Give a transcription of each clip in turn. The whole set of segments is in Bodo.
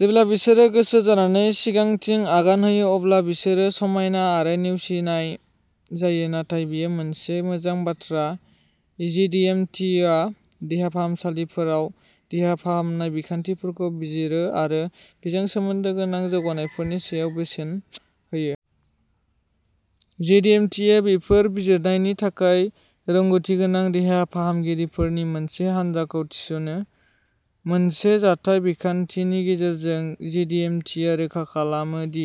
जेब्ला बिसोरो गोसो जानानै सिगांथिं आगान होयो अब्ला बिसोरो समायना आरो नेवसिनाय जायो। नाथाय बेयो मोनसे मोजां बाथ्रा। जेडिएमटिआ देहा फाहामसालिफोराव देहा फाहामनाय बिखान्थिफोरखौ बिजिरो आरो बेजों सोमोन्दो गोनां जौगानायफोरनि सायाव बोसोन होयो। जेडिएमटिआ बेफोर बिजिरनायनि थाखाय रोंग'थिगोनां देहा फाहामगिरिफोरनि मोनसे हानजाखौ थिसनो। मोनसे जथाय बिखान्थिनि गेजेरजों, जेडिएमटिआ रोखा खालामो दि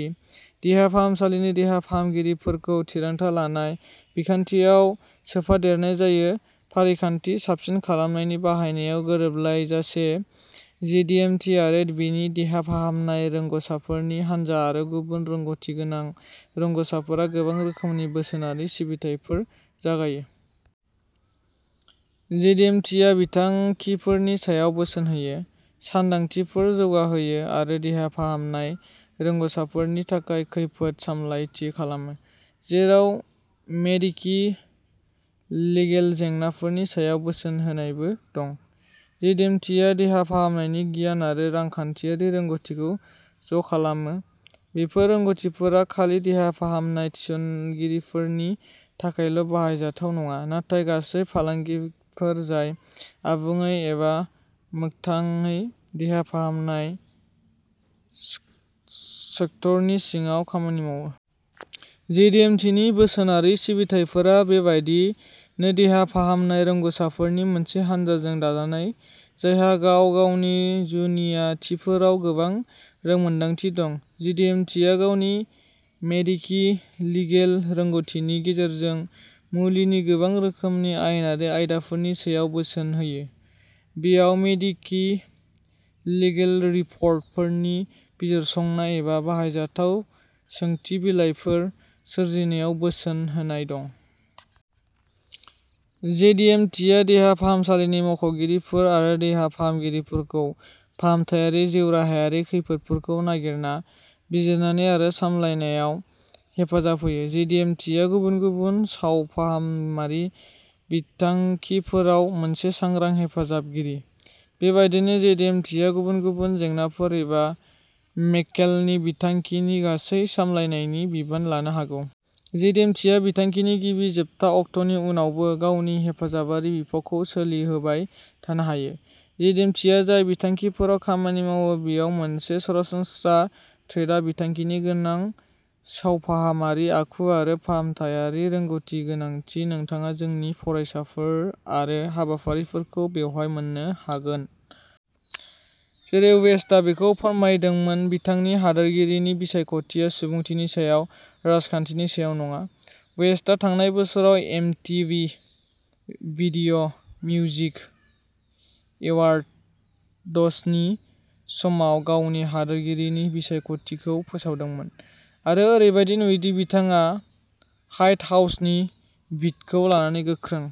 देहा फाहामसालिनि देहा फाहामगिरिफोरखौ थिरांथा लानाय बिखान्थियाव सोफादेरनाय जायो, फारिखान्थि साबसिन खालामनायनि बाहायनायाव गोरोबलायाजासे। जेडिएमटि आरो बेनि देहा फाहामनाय रोंग'साफोरनि हानजा आरो गुबुन रोंग'थिगोनां रोंग'साफोरा गोबां रोखोमनि बोसोनारि सिबिथाइफोर जगायो। जेडिएमटिआ बिथांखिफोरनि सायाव बोसोन होयो, सानदांथिफोर जौगाहोयो आरो देहा फाहामनाय रोंग'साफोरनि थाखाय खैफोद सामलायथि खालामो, जेराव मेडिको-लिगेल जेंनाफोरनि सायाव बोसोन होनायबो दं। जेडिएमटिआ देहा फाहामनाय गियान आरो रांखान्थियारि रोंग'थिखौ ज'खालामो। बेफोर रोंग'थिफोरा खालि देहा फाहामनाय थिस'नगिरिफोरनि थाखायल'बाहायजाथाव नङा, नाथाय गासै फालांगिफोर जाय आबुङै एबा मोगथांयै देहा फाहामनाय सेक्टरनि सिङाव खामानि मावो। जेडिएमटिनि बोसोनारि सिबिथाइफोरा बेबादिनो देहा फाहामनाय रोंग'साफोरनि मोनसे हानजाजों दाजानाय, जायहा गाव-गावनि जुनियाथिफोराव गोबां रोंमोनदांथि दं। जेडिएमटिआ गावनि मेडिको-लिगेल रोंग'थिनि गेजेरजों मुलिनि गोबां रोखोमनि आयेनारि आयदाफोरनि सायाव बोसोन होयो। बेयाव मेडिको-लिगेल रिपर्टफोरनि बिजिरसंनाय, एबा बाहायजाथाव सोंथि बिलाइफोर सोरजिनायाव बोसोन होनाय दं। जेडिएमटिआ देहा फाहामसालिनि मावख'गिरिफोर आरो देहा फाहामगिरिफोरखौ फाहामथायारि जिउराहायारि खैफोदफोरखौ नागिरना, बिजिरनानै आरो सामलायनायाव हेफाजाब होयो। जेडिएमटिआ गुबुन गुबुन सावफाहामारि बिथांखिफोराव मोनसे सांग्रां हेफाजाबगिरि। बेबायदिनो, जेडिएमटिआ गुबुन गुबुन जेंनाफोर एबा मक्केलनि बिथांखिनि गासै सामलायनायनि बिबान लानो हागौ। जेडिएमटिआ बिथांखिनि गिबि जोबथा अक्ट'नि उनावबो गावनि हेफाजाबारि बिफावखौ सोलिहोबाय थानो हायो। जेडिएमटिआ जाय बिथांखिफोराव खामानि मावो बेयाव मोनसे सरासनस्रा थ्रेडआ बिथांखिनि गोनां सावफाहामारि आखु आरो फाहामथायारि रोंग'थिनि गोनांथि। नोंथाङा जोंनि फरायफारिफोर आरो हाबाफारिफोरखौ बेवहाय मोन्नो हागोन। जेरै वेस्टआ बेखौ फोरमायदोंमोन, बिथांनि हादोरगिरिनि बिसायख'थिया सुबुंथिनि सायाव, राजखान्थिनि सायाव नङा। वेस्टआ थांनाय बोसोराव एमटीवी भिदिय'मिउजिक एवार्ड्सनि समाव गावनि हादोरगिरिनि बिसायख'थिखौ फोसावदोंमोन, आरो ओरैबायदि नुयोदि बिथाङा ह्वाइट हाउसनि बिडखौ लानानै गोख्रों।